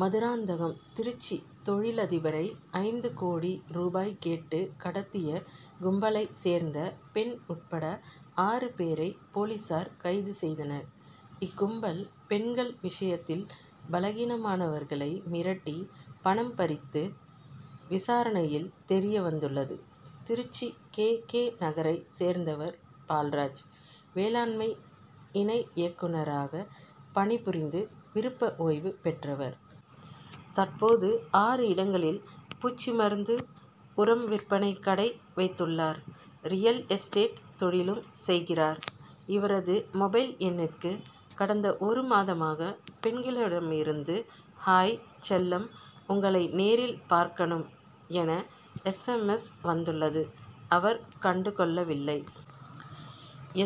மதுராந்தகம் திருச்சி தொழிலதிபரை ஐந்து கோடி ரூபாய் கேட்டு கடத்திய கும்பலைச் சேர்ந்த பெண் உட்பட ஆறு பேரை போலீசார் கைது செய்தனர். இக்கும்பல் பெண்கள் விஷயத்தில் பலகீனமானவர்களை மிரட்டி பணம் பறித்து விசாரணையில் தெரிய வந்துள்ளது. திருச்சி கே. கே.,நகரைச் சேர்ந்தவர் பால்ராஜ். வேளாண்மை இணை இயக்குனராகப் பணிபுரிந்து விருப்ப ஓய்வு பெற்றவர். தற்போது ஆறு இடங்களில் பூச்சி மருந்து, உரம் விற்பனை கடை வைத்துள்ளார். ரியல் எஸ்டேட் தொழிலும் செய்கிறார். இவரது மொபைல் எண்ணிற்கு கடந்த ஒரு மாதமாக பெண்களிடமிருந்து ஹாய் செல்லம், உங்களை நேரில் பார்க்கணும் என, எஸ். எம். எஸ்., வந்துள்ளது. அவர் கண்டு கொள்ளவில்லை.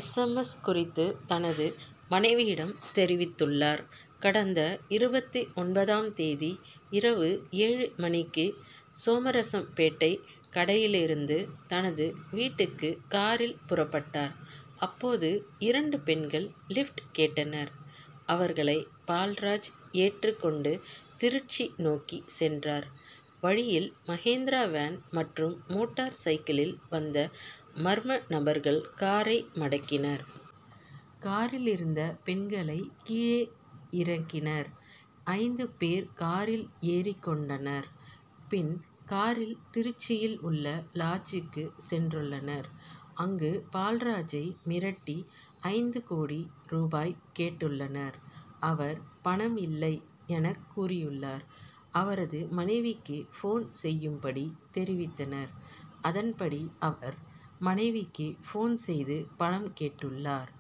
எஸ். எம். எஸ்., குறித்து தனது மனைவியிடம் தெரிவித்துள்ளார். கடந்த இருபத்து ஒன்பதாம் தேதி இரவு ஏழு மணிக்கு சோமரசம்பேட்டை கடையிலிருந்து தனது வீட்டிற்கு காரில் புறப்பட்டார். அப்போது இரண்டு பெண்கள் லிப்ட் கேட்டனர். அவர்களை பால்ராஜ் ஏற்றிக் கொண்டு திருச்சி நோக்கிச் சென்றார். வழியில் மகேந்திரா வேன் மற்றும் மோட்டார் சைக்கிளில் வந்த மர்ம நபர்கள் காரை மடக்கினர். காரிலிருந்த பெண்களை கீழே இறக்கினர். ஐந்து பேர் காரில் ஏறிக் கொண்டனர். பின் காரில் திருச்சியில் உள்ள லாட்ஜூக்கு சென்றுள்ளனர். அங்கு பால்ராஜை மிரட்டி ஐந்து கோடி ரூபாய் கேட்டுள்ளனர். அவர் பணம் இல்லை எனக்கூறியுள்ளார். அவரது மனைவிக்கு போன் செய்யும்படி தெரிவித்தனர். அதன்படி அவர் மனைவிக்கு போன் செய்து பணம் கேட்டுள்ளார்.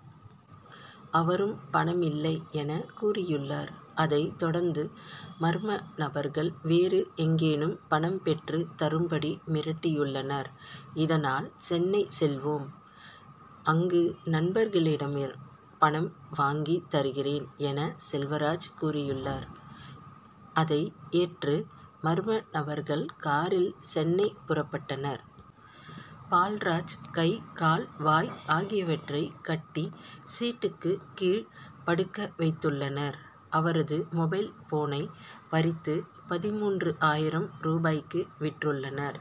அவரும் பணம் இல்லை எனக் கூறியுள்ளார். அதைத் தொடர்ந்து மர்ம நபர்கள் வேறு எங்கேனும் பணம் பெற்று தரும்படி மிரட்டியுள்ளனர். இதனால், சென்னை செல்வோம். அங்கு நண்பர்களிடம் பணம் வாங்கி தருகிறேன்' என, செல்வராஜ் கூறியுள்ளார். அதை ஏற்று மர்ம நபர்கள் காரில் சென்னை புறப்பட்டனர். பால்ராஜ் கை, கால், வாய் ஆகியவற்றை கட்டி சீட்டிற்கு கீழ் படுக்க வைத்துள்ளனர். அவரது மொபைல் போனை பறித்து பதின்மூன்று ஆயிரம் ரூபாய்க்கு விற்றுள்ளனர்.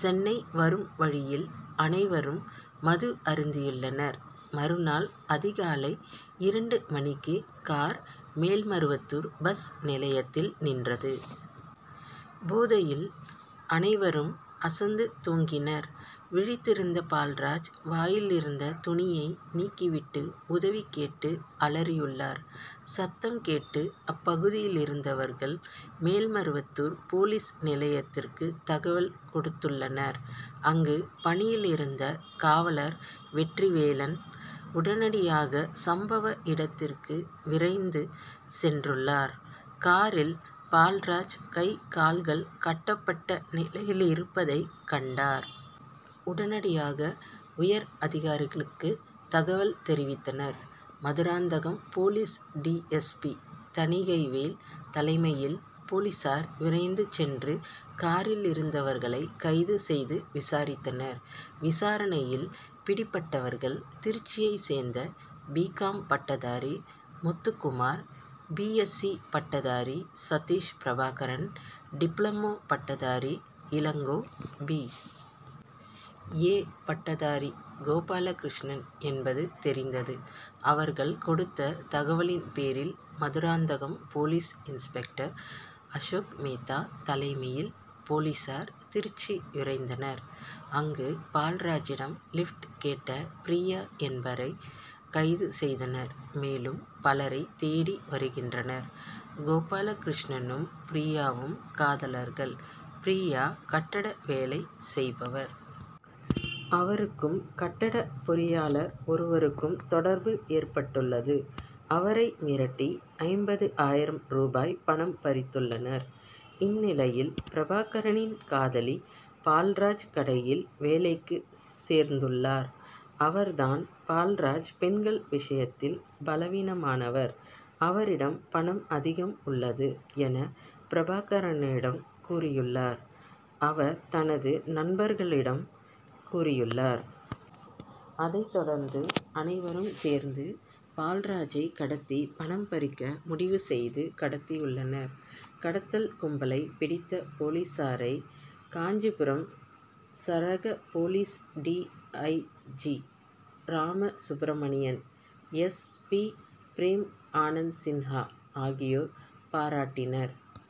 சென்னை வரும் வழியில் அனைவரும் மது அருந்தியுள்ளனர். மறுநாள் அதிகாலை இரண்டு மணிக்கு கார் மேல்மருவத்தூர் பஸ் நிலையத்தில் நின்றது. போதையில் அனைவரும் அசந்து தூங்கினர். விழித்திருந்த பால்ராஜ் வாயிலிருந்த துணியை நீக்கிவிட்டு உதவி கேட்டு அலறியுள்ளார். சத்தம் கேட்டு அப்பகுதியிலிருந்தவர்கள் மேல்மருவத்தூர் போலீஸ் நிலையத்திற்கு தகவல் கொடுத்துள்ளனர். அங்கு பணியிலிருந்த காவலர் வெற்றிவேலன் உடனடியாக சம்பவ இடத்திற்கு விரைந்து சென்றுள்ளார். காரில் பால்ராஜ் கை, கால்கள் கட்டப்பட்ட நிலையிலிருப்பதைக் கண்டார். உடனடியாக உயர் அதிகாரிகளுக்கு தகவல் தெரிவித்தனர். Madurantakam police D. S. P., Thanigaivel தலைமையில் போலீசார் விரைந்து சென்று காரிலிருந்தவர்களை கைது செய்து விசாரித்தனர். விசாரணையில் பிடிபட்டவர்கள் திருச்சியைச் சேர்ந்த பி. காம்., பட்டதாரி முத்துக்குமார் பி. எஸ்சி., பட்டதாரி சதீஷ் பிரபாகரன் டிப்ளமோ பட்டதாரி இளங்கோ பி. ஏ., பட்டதாரி கோபாலகிருஷ்ணன் என்பது தெரிந்தது. அவர்கள் கொடுத்த தகவலின்பேரில் மதுராந்தகம் போலீஸ் இன்ஸ்பெக்டர் அசோக்மேத்தா தலைமையில் போலீசார் திருச்சி விரைந்தனர். அங்கு பால்ராஜிடம் லிப்ட் கேட்ட பிரியா என்பவரை கைது செய்தனர். மேலும் பலரை தேடி வருகின்றனர். கோபாலகிருஷ்ணனும், பிரியாவும் காதலர்கள். பிரியா கட்டட வேலை செய்பவர். அவருக்கும் கட்டடப் பொறியாளர் ஒருவருக்கும் தொடர்பு ஏற்பட்டுள்ளது. அவரை மிரட்டி ஐம்பது ஆயிரம் ரூபாய் பணம் பறித்துள்ளனர். இந்நிலையில், பிரபாகரனின் காதலி பால்ராஜ் கடையில் வேலைக்கு சேர்ந்துள்ளார். அவர்தான், பால்ராஜ் பெண்கள் விஷயத்தில் பலவீனமானவர். அவரிடம் பணம் அதிகம் உள்ளது' எனப் பிரபாகரனிடம் கூறியுள்ளார். அவர் தனது நண்பர்களிடம் கூறியுள்ளார். அதைத் தொடர்ந்து அனைவரும் சேர்ந்து பால்ராஜை கடத்தி பணம் பறிக்க முடிவு செய்து கடத்தியுள்ளனர். கடத்தல் கும்பலை பிடித்த போலீசாரை காஞ்சிபுரம் சரக police D. I. G., Ramasubramanian, S. P., Premanand Sinha ஆகியோர் பாராட்டினர்.